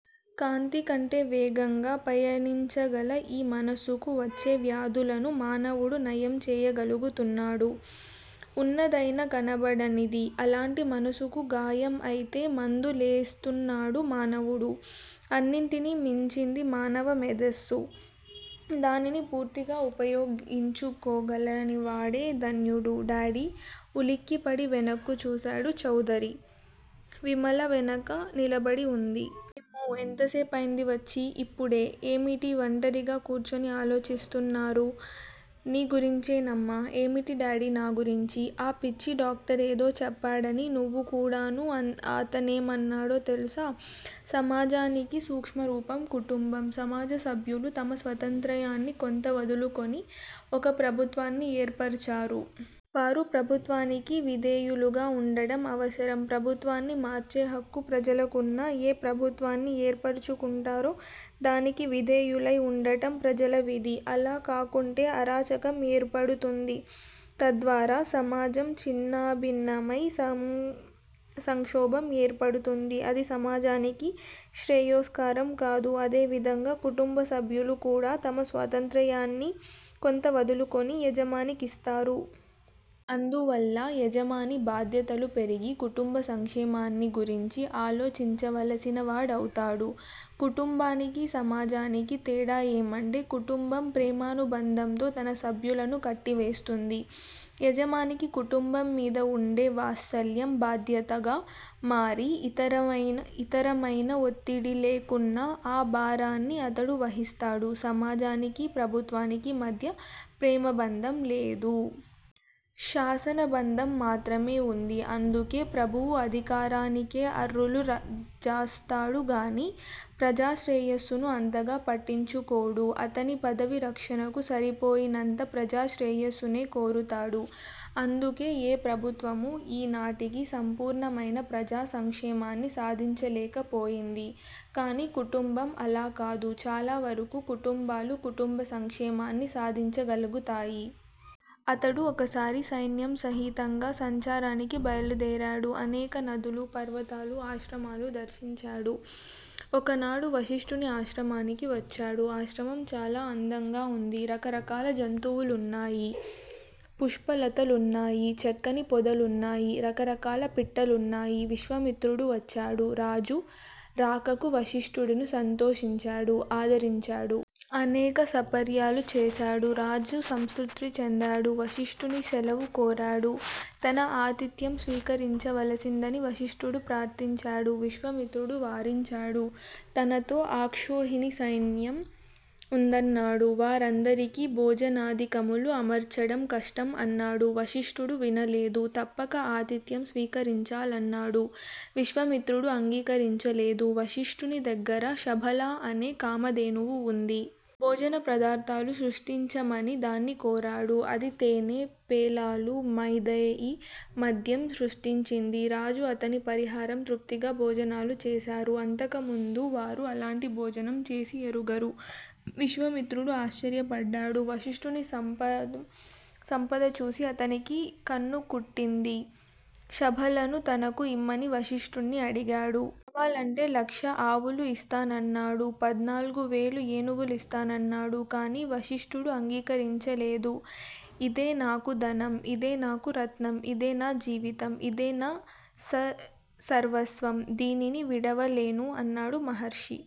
కాంతికంటే వేగంగా పయనించగల ఈ మనసుకు వచ్చే వ్యాధులను మానవుడు నయం చేయగలుగుతున్నాడు. ఉన్నదయినా కనబడినది. అలాంటి మనసుకు గాయం అయితే మందు లేస్తున్నాడు మానవుడు. అన్నింటినీ మించింది మానవ మేధస్సు. దానిని పూర్తిగా ఉపయోగించుకోగలిగినవాడే ధన్యుడు__ డాడీ! ఉలిక్కిపడి వెనక్కు చూశాడు చౌదరి. విమల వెనక నిలబడి వుంది. ఏమ్మా! ఎంతసేపైంది వచ్చి? ఇప్పుడే! ఏమిటి వంటరిగా కూర్చుని ఆలోచిస్తున్నారు? నీ గురించేనమ్మా! ఏమిటి డాడీ నా గురించి? ఆ పిచ్చి డాక్టరేదో చెప్పాడని నువ్వు కూడానూ__ అతనేమన్నాడో తెలుసా? సమాజానికి సూక్ష్మరూపం కుటుంబం. సమాజ సభ్యులు తమ స్వాతంత్ర్యాన్ని కొంత వదులుకొని ఒక ప్రభుత్వాన్ని ఏర్పరచారు. వారు ప్రభుత్వానికి విధేయులుగా వుండడం అవసరం. ప్రభుత్వాన్ని మార్చే హక్కు ప్రజలకున్నా, ఏ ప్రభుత్వాన్ని ఏర్పరచుకుంటారో, దానికి విధేయులై వుండడం ప్రజల విధి. అలా కాకుంటే అరాచకం ఏర్పడుతుంది. తద్వారా సమాజం ఛిన్నాభిన్నమై సంక్షోభం ఏర్పడుతుంది. అది సమాజానికి శ్రేయస్కరం కాదు. అదేవిధంగా కుటుంబ సభ్యులు కూడా తమ స్వాతంత్ర్యాన్ని కొంత వదులుకొని, యజమానికిచ్చేస్తారు. అందువల్ల యజమాని బాధ్యతలు పెరిగి కుటుంబ సంక్షేమాన్ని గురించి ఆలోచించవలసినవాడవుతాడు. కుటుంబానికి, సమాజానికి తేడా ఏమంటే, కుటుంబం ప్రేమబంధంతో తన సభ్యులను కట్టివేస్తుంది. యజమానికి కుటుంబం మీద వుండే వాత్సల్యం, బాధ్యతగా మారి, ఇతరమైన ఒత్తుడిలు లేకున్నా ఆ భారాన్ని అతడు వహిస్తాడు. సమాజానికి, ప్రభుత్వానికి మధ్య ప్రేమబంధం లేదు. శాసనబంధం మాత్రమే వుంది. అందుకే ప్రభువు అధికారానికే అర్రులు జాస్తాడు కాని, ప్రజా శ్రేయస్సును అంతగా పట్టించుకోడు. అతని పదవి రక్షణకు సరిపోయినంత ప్రజా శ్రేయస్సునే కోరతాడు. అందుకే ఏ ప్రభుత్వమూ ఈనాటికి సంపూర్ణమైన ప్రజా సంక్షేమాన్ని సాధించలేకపోయింది. కాని కుటుంబం అలాకాదు. చాలావరకు కుటుంబాలు కుటుంబ సంక్షేమాన్ని సాధించగలిగాయి. అతడు ఒకసారి సైన్యం సహితంగా సంచారానికి బయల్దేరాడు. అనేక నదులు, పర్వతాలు, ఆశ్రమాలూ దర్శించాడు. ఒకనాడు వశిష్ఠుని ఆశ్రమానికి వచ్చాడు. ఆశ్రమం చాలా అందంగా వుంది. రకరకాల జంతువులున్నాయి. పుష్పలతలున్నాయి. చక్కని పొదలున్నాయి. రకరకాల పిట్టలున్నాయి. విశ్వామిత్రుడు వచ్చాడు. రాజు రాకకు వశిష్టుడు సంతోషించాడు. ఆదరించాడు. అనేక సపర్యలు చేశాడు. రాజు సంతృప్తి చెందాడు. వశిష్ఠుణ్ణి శెలవు కోరాడు. తన ఆతిథ్యం స్వీకరించవలసిందని వశిష్ఠుడు ప్రార్ధించాడు. విశ్వామిత్రుడు వారించాడు. తనతో అక్షోహిణి సైన్యం ఉందన్నాడు. వారందరికీ భోజనాదికములు అమర్చడం కష్టం అన్నాడు. వశిష్టుడు వినలేదు. తప్పక ఆతిథ్యం స్వీకరించాలన్నాడు. విశ్వామిత్రుడు అంగీకరించలేదు. వశిష్టుని దగ్గర శబళ అనే కామధేనువు వుంది. భోజన పదార్ధాలు సృష్టించమని దాన్ని కోరాడు. అది తేనె, పేలాలు, మైదేయ్, మద్యం సృష్టించింది. రాజు అతని పరివారం తృప్తిగా భోజనాలు చేశారు. అంతకుముందు వారు అలాంటి భోజనం చేసి ఎరుగరు. విశ్వామిత్రుడు ఆశ్చర్యపడ్డాడు. వశిష్టుని సంపద చూచి అతనికి కన్ను కుట్టింది. శబళను తనకు ఇమ్మని వశిష్టుణ్ణి అడిగాడు. కావాలంటే లక్ష ఆవులు ఇస్తానన్నాడు. పద్నాలుగువేల ఏనుగులు ఇస్తానన్నాడు. కాని వశిష్టుడు అంగీకరించలేదు. ఇదే నాకు ధనం. ఇదే నాకు రత్నం. ఇదే నా జీవితం. ఇదే నా సర్వస్వం. దీనిని విడువలేను అన్నాడు. మహర్షి